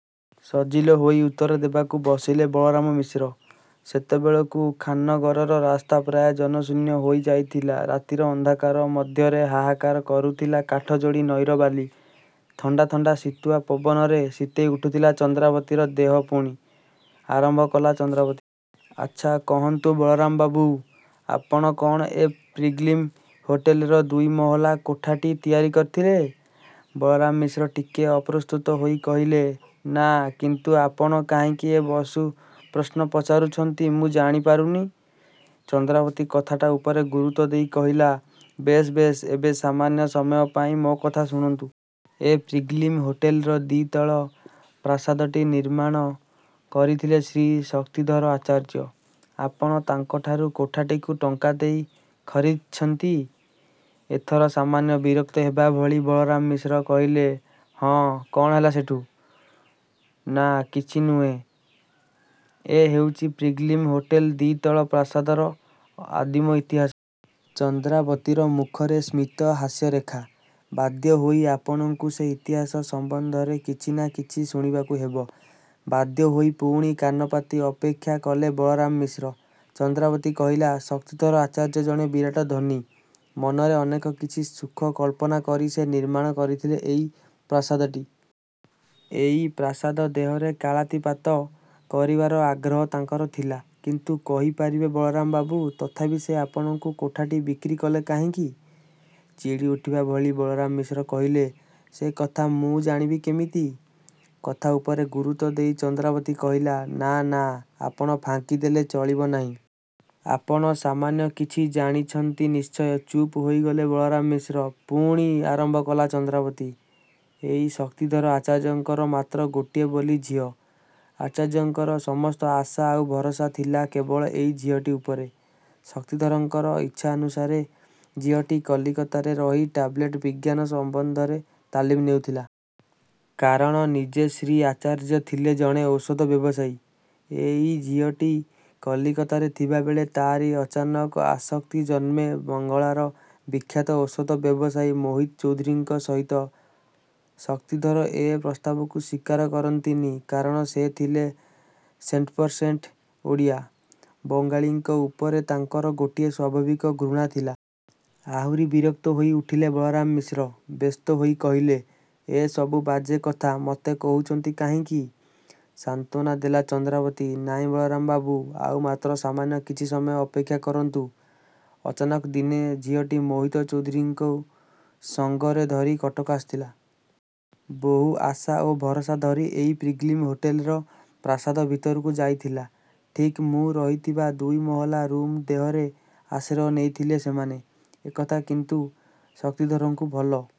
ସଜିଲ ହୋଇ ଉତ୍ତର ଦେବାକୁ ବସିଲେ ବଳରାମ ମିଶ୍ର ସେତେବେଳକୁ ଖାନ୍ନଗରର ରାସ୍ତା ପ୍ରାୟ ଜନଶୂନ୍ୟ ହୋଇ ଯାଇଥିଲା ରାତିର ଅନ୍ଧକାର ମଧ୍ୟରେ ହାହାକାର କରୁଥିଲା କାଠଯୋଡ଼ି ନଈର ବାଲି। ଥଣ୍ତା ଥଣ୍ତା ଶୀତୁଆ ପବନରେ ଶୀତେଇ ଉଠୁଥିଲା ଚନ୍ଦ୍ରାବତୀର ଦେହ ପୁଣି। ଆରମ୍ଭ କଲା ଚନ୍ଦ୍ରାବତୀ ''ଆଚ୍ଛା କହନ୍ତୁ ବଳରାମ ବାବୁ! ଆପଣ କ'ଣ ଏ ପିଲ୍ଗ୍ରିମ ହୋଟେଲର ଦୁଇ ମହଲା କୋଠାଟି ତିଆରି କରିଥିଲେ? '' ବଳରାମ ମିଶ୍ର ଟିକେ ଅପ୍ରସ୍ତୁତ ହୋଇ କହିଲେ-''ନାଁ କିନ୍ତୁ ଆପଣ କାହିଁକି ଏ ବସୁ ପ୍ରଶ୍ନ ପଚାରୁଛନ୍ତି ମୁଁ ଜାଣି ପାରୁନି। '' ଚନ୍ଦ୍ରାବତୀ କଥାଟା ଉପରେ ଗୁରୁତ୍ୱ ଦେଇ କହିଲା -''ବେଶ୍ ବେଶ୍ ଏବେ ସାମାନ୍ୟ ସମୟ ପାଇଁ ମୋ କଥା ଶୁଣନ୍ତୁ। ଏଇ ପିଲ୍ଗ୍ରିମ୍ ହୋଟେଲର ଦ୍ୱିତଳ ପ୍ରାସାଦଟି ନିର୍ମାଣ କରିଥିଲେ ଶ୍ରୀ ଶକ୍ତିଧର ଆଚାର୍ଯ୍ୟ। ଆପଣ ତାଙ୍କଠାରୁ କୋଠାଟିକୁ ଟଙ୍କା ଦେଇ ଖରିଦ୍କରିଛନ୍ତି। '' ଏଥର ସାମାନ୍ୟ ବିରକ୍ତ ହେବା ଭଳି ବଳରାମ ମିଶ୍ର କହିଲେ-''ହଁ କ'ଣ ହେଲା ସେଠୁ? '' ''ନାଁ କିଛି ନୁହେ। ଏ ହେଉଛି ପିଲ୍ଗ୍ରିମ ହୋଟେଲ ଦ୍ୱିତଳ ପ୍ରାସାଦର ଆଦିମ ଇତିହାସ। '' ଚନ୍ଦ୍ରାବତୀର ମୁଖରେ ସ୍ମିତ ହାସ୍ୟରେଖା। ବାଧ୍ୟ ହୋଇ ଆପଣଙ୍କୁ ସେ ଇତିହାସ ସମ୍ୱନ୍ଧରେ କିଛି ନାଁ କିଛି ଶୁଣିବାକୁ ହେବ। ବାଧ୍ୟ ହୋଇ ପୁଣି କାନପାତି ଅପେକ୍ଷା କଲେ ବଳରାମ ମିଶ୍ର ଚନ୍ଦ୍ରାବତୀ କହିଲା-''ଶକ୍ତିଧର ଆଚାର୍ଯ୍ୟ ଜଣେ ବିରାଟ ଧନୀ। ମନରେ ଅନେକ କିଛି ସୁଖ କଳ୍ପନା କରି ସେ ନିର୍ମାଣ କରିଥିଲେ ଏଇ ପ୍ରାସାଦଟି। ଏଇ ପ୍ରାସାଦ ଦେହରେ କାଳାତୀପାତ କରିବାର ଆଗ୍ରହ ତାଙ୍କର ଥିଲା-। କିନ୍ତୁ କହି ପାରିବେ ବଳରାମ ବାବୁ ତଥାପି ସେ ଆପଣଙ୍କୁ କୋଠାଟି ବିକ୍ରୀ କଲେ କାହିଁକି? '' ଚିଡ଼ି ଉଠିବା ଭଳି ବଳରାମ ମିଶ୍ର କହିଲେ-''ସେ କଥା ମୁଁ ଜାଣିବି କେମିତି? '' କଥା ଉପରେ ଗୁରୁତ୍ୱ ଦେଇ ଚନ୍ଦ୍ରାବତୀ କହିଲା-''ନାଁ ନାଁ ଆପଣ ଫାଙ୍କି ଦେଲେ ଚଳିବ ନାହିଁ। ଆପଣ ସାମାନ୍ୟ କିଛି ଜାଣିଛନ୍ତି ନିଶ୍ଚୟ '' ଚୁପ୍ ହେଇଗଲେ ବଳରାମ ମିଶ୍ର ପୁଣି ଆରମ୍ଭ କଲା ଚନ୍ଦ୍ରାବତୀ-''ଏଇ ଶକ୍ତିଧର ଆଚାର୍ଯ୍ୟଙ୍କର ମାତ୍ର ଗୋଟିଏ ବୋଲି ଝିଅ। ଆଚାର୍ଯ୍ୟଙ୍କର ସମସ୍ତ ଆଶା ଆଉ ଭରସା ଥିଲା କେବଳ ଏଇ ଝିଅଟି ଉପରେ। ଶକ୍ତିଧରଙ୍କର ଇଚ୍ଛାନୁସାରେ ଝିଅଟି କଲିକତାରେ ରହି ଟାବ୍ଲେଟ୍ ବିଜ୍ଞାନ ସମ୍ୱନ୍ଧରେ ତାଲିମ୍ ନେଉଥିଲା। କାରଣ-ନିଜେ ଶ୍ରୀ ଆଚାର୍ଯ୍ୟ ଥିଲେ ଜଣେ ଔଷଧ ବ୍ୟବସାୟୀ। ଏଇ ଝିଅଟି କଲିକତାରେ ଥିବାବେଳେ ତା'ରି ଅଚାନକ ଆସକ୍ତି ଜନ୍ମେ ବଙ୍ଗଳାର ବିଖ୍ୟାତ ଔଷଧ ବ୍ୟବସାୟୀ ମୋହିତ ଚୌଧୁରୀଙ୍କ ସହିତ। ଶକ୍ତିଧର ଏ ପ୍ରସ୍ତାବକୁ ସ୍ୱୀକାର କରନ୍ତିନି କାରଣ ସେ ଥିଲେ ସେଣ୍ଟପରସେଣ୍ଟ ଓଡ଼ିଆ। ବଙ୍ଗାଳୀଙ୍କ ଉପରେ ତାଙ୍କର ଗୋଟିଏ ସ୍ୱଭାବିକ ଘୃଣା ଥିଲା। '' ଆହୁରି ବିରକ୍ତ ହୋଇ ଉଠିଲେ ବଳରାମ ମିଶ୍ର ବ୍ୟସ୍ତ ହୋଇ କହିଲେ ''ଏ ସବୁ ବାଜେ କଥା ମୋତେ କହୁଛନ୍ତି କାହିଁକି? '' ସାନ୍ତ୍ୱନା ଦେଲା ଚନ୍ଦ୍ରାବତୀ ''ନାଇଁ ବଳରାମ ବାବୁ ଆଉ ମାତ୍ର ସାମାନ୍ୟ କିଛି ସମୟ ଅପେକ୍ଷା କରନ୍ତୁ। '' ଅଚାନକ ଦିନେ ଝିଅଟି ମୋହିତ ଚୌଧୁରୀଙ୍କୁ ସଙ୍ଗରେ ଧରି କଟକ ଆସିଥିଲା। ବହୁ ଆଶା ଓ ଭରସା ଧରି ଏଇ ପିଲ୍ଗ୍ରିମ ହୋଟେଲର ପ୍ରାସାଦ ଭିତରକୁ ଯାଇଥିଲା। ଠିକ୍ ମୁଁ ରହିଥିବା ଦୁଇମହଲା ରୁମ୍ ଦେହରେ ଆଶ୍ରୟ ନେଇଥିଲେ ସେମାନେ। ଏକଥା କିନ୍ତୁ ଶକ୍ତିଧରଙ୍କୁ ଭଲ